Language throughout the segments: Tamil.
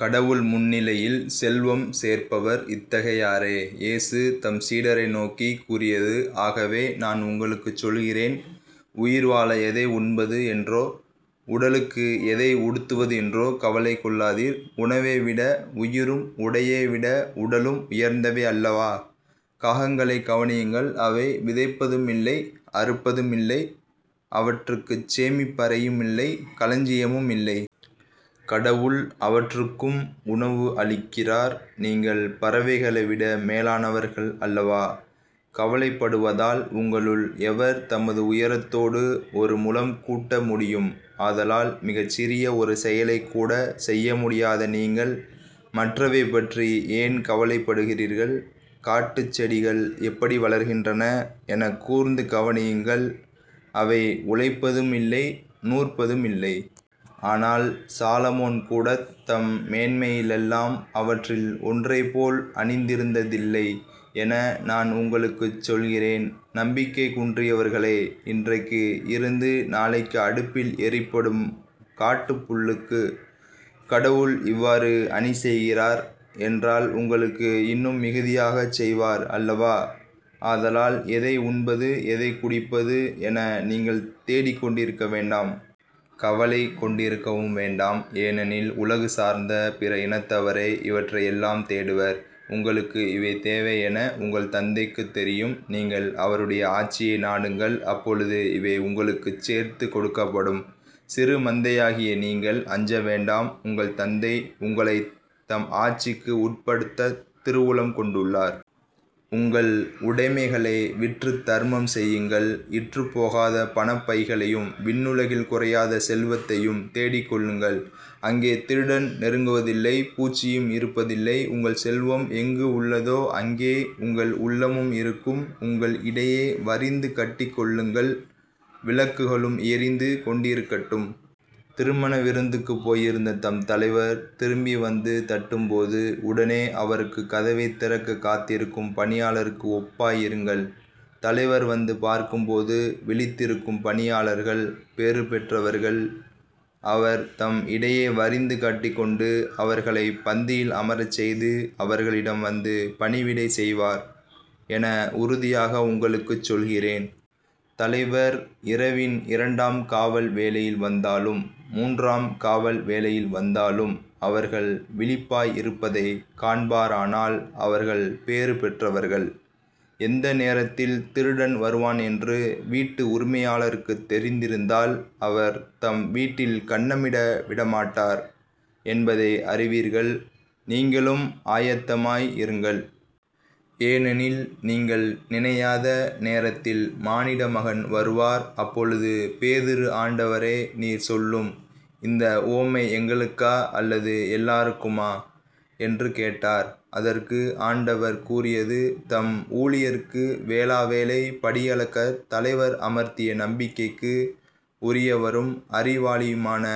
கடவுள் முன்னிலையில் செல்வம் சேர்ப்பவர் இத்தகையோரே. இயேசு தம் சீடரை நோக்கிக் கூறியதுஆகவே நான் உங்களுக்குச் சொல்கிறேன் உயிர்வாழ எதை உண்பது என்றோ உடலுக்கு எதை உடுத்துவது என்றோ கவலை கொள்ளாதீர். உணவைவிட உயிரும் உடையைவிட உடலும் உயர்ந்தவை அல்லவா? காகங்களைக் கவனியுங்கள் அவை விதைப்பதுமில்லை அறுப்பதுமில்லை அவற்றுக்குச் சேமிப்பறையுமில்லை களஞ்சியமுமில்லை. கடவுள் அவற்றுக்கும் உணவு அளிக்கிறார். நீங்கள் பறவைகளைவிட மேலானவர்கள் அல்லவா? கவலைப்படுவதால் உங்களுள் எவர் தமது உயரத்தோடு ஒரு முழம் கூட்ட முடியும்? ஆதலால் மிகச் சிறிய ஒரு செயலைக் கூடச் செய்யமுடியாத நீங்கள் மற்றவை பற்றி ஏன் கவலைப்படுகிறீர்கள்? காட்டுச் செடிகள் எப்படி வளர்கின்றன எனக் கூர்ந்து கவனியுங்கள் அவை உழைப்பதுமில்லை நூற்பதுமில்லை. ஆனால் சாலமோன்கூடத் தம் மேன்மையிலெல்லாம் அவற்றில் ஒன்றைப்போல் அணிந்திருந்ததில்லை என நான் உங்களுக்குச் சொல்கிறேன். நம்பிக்கை குன்றியவர்களே இன்றைக்கு இருந்து நாளைக்கு அடுப்பில் எறிப்படும் காட்டுப் புல்லுக்குக் கடவுள் இவ்வாறு அணிசெய்கிறார் என்றால் உங்களுக்கு இன்னும் மிகுதியாகச் செய்வார் அல்லவா. ஆதலால் எதை உண்பது எதைக் குடிப்பது என நீங்கள் தேடிக்கொண்டிருக்க வேண்டாம். கவலை கொண்டிருக்கவும் வேண்டாம். ஏனெனில் உலகு சார்ந்த பிற இனத்தவரே இவற்றையெல்லாம் தேடுவர். உங்களுக்கு இவை தேவையென உங்கள் தந்தைக்குத் தெரியும். நீங்கள் அவருடைய ஆட்சியை நாடுங்கள் அப்பொழுது இவை உங்களுக்குச் சேர்த்துக் கொடுக்கப்படும். சிறு மந்தையாகிய நீங்கள் அஞ்ச வேண்டாம் உங்கள் தந்தை உங்களைத் தம் ஆட்சிக்கு உட்படுத்தத் திருவுளம் கொண்டுள்ளார். உங்கள் உடைமைகளை விற்றுத் தர்மம் செய்யுங்கள் இற்றுப்போகாத பணப்பைகளையும் விண்ணுலகில் குறையாத செல்வத்தையும் தேடிக் கொள்ளுங்கள் அங்கே திருடன் நெருங்குவதில்லை. பூச்சியும் இருப்பது இல்லை. உங்கள் செல்வம் எங்கு உள்ளதோ அங்கே உங்கள் உள்ளமும் இருக்கும். உங்கள் இடையை வரிந்துகட்டிக் கொள்ளுங்கள். விளக்குகளும் எரிந்து கொண்டிருக்கட்டும். திருமண விருந்துக்குப் போயிருந்த தம் தலைவர் திரும்பி வந்து தட்டும்போது உடனே அவருக்குக் கதவைத் திறக்கக் காத்திருக்கும் பணியாளருக்கு ஒப்பாய் இருங்கள். தலைவர் வந்து பார்க்கும்போது விழித்திருக்கும் பணியாளர்கள் பேறு பெற்றவர்கள். அவர் தம் இடையை வரிந்து கட்டிக்கொண்டு அவர்களைப் பந்தியில் அமரச் செய்து அவர்களிடம் வந்து பணிவிடை செய்வார் என உறுதியாக உங்களுக்குச் சொல்கிறேன். தலைவர் இரவின் இரண்டாம் காவல் வேளையில் வந்தாலும் மூன்றாம் காவல் வேளையில் வந்தாலும் அவர்கள் விழிப்பாயிருப்பதைக் காண்பாரானால் அவர்கள் பேறுபெற்றவர்கள். எந்த நேரத்தில் திருடன் வருவான் என்று வீட்டு உரிமையாளருக்குத் தெரிந்திருந்தால் அவர் தம் வீட்டில் கன்னமிட விடமாட்டார் என்பதை அறிவீர்கள். நீங்களும் ஆயத்தமாய் இருங்கள். ஏனெனில் நீங்கள் நினையாத நேரத்தில் மானிடமகன் வருவார். அப்பொழுது பேதுரு ஆண்டவரே நீர் சொல்லும் இந்த உவமை எங்களுக்கா? அல்லது எல்லாருக்குமா? என்று கேட்டார். அதற்கு ஆண்டவர் கூறியதுதம் ஊழியருக்கு வேளா வேளை படியளக்கத் தலைவர் அமர்த்திய நம்பிக்கைக்கு உரியவரும் அறிவாளியுமான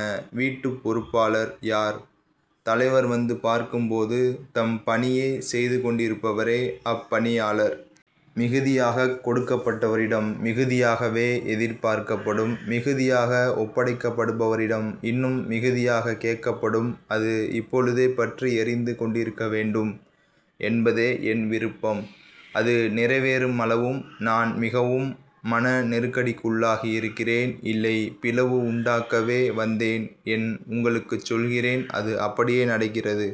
வீட்டுப்பொறுப்பாளர் யார்? தலைவர் வந்து பார்க்கும் போது தம் பணியைச் செய்துகொண்டிருப்பவரே அப்பணியாளர். மிகுதியாகக் கொடுக்கப்பட்டவரிடம் மிகுதியாகவே எதிர்பார்க்கப்படும். மிகுதியாக ஒப்படைக்கப்படுபவரிடம் இன்னும் மிகுதியாகக் கேட்கப்படும். அது இப்பொழுதே பற்றி எரிந்து கொண்டிருக்க வேண்டும் என்பதே என் விருப்பம். அது நிறைவேறுமளவும் நான் மிகவும் மன நெருக்கடிக்குள்ளாகி இருக்கிறேன். இல்லை பிளவு உண்டாக்கவே வந்தேன் என் உங்களுக்குச் சொல்கிறேன். அது அப்படியே நடக்கிறது.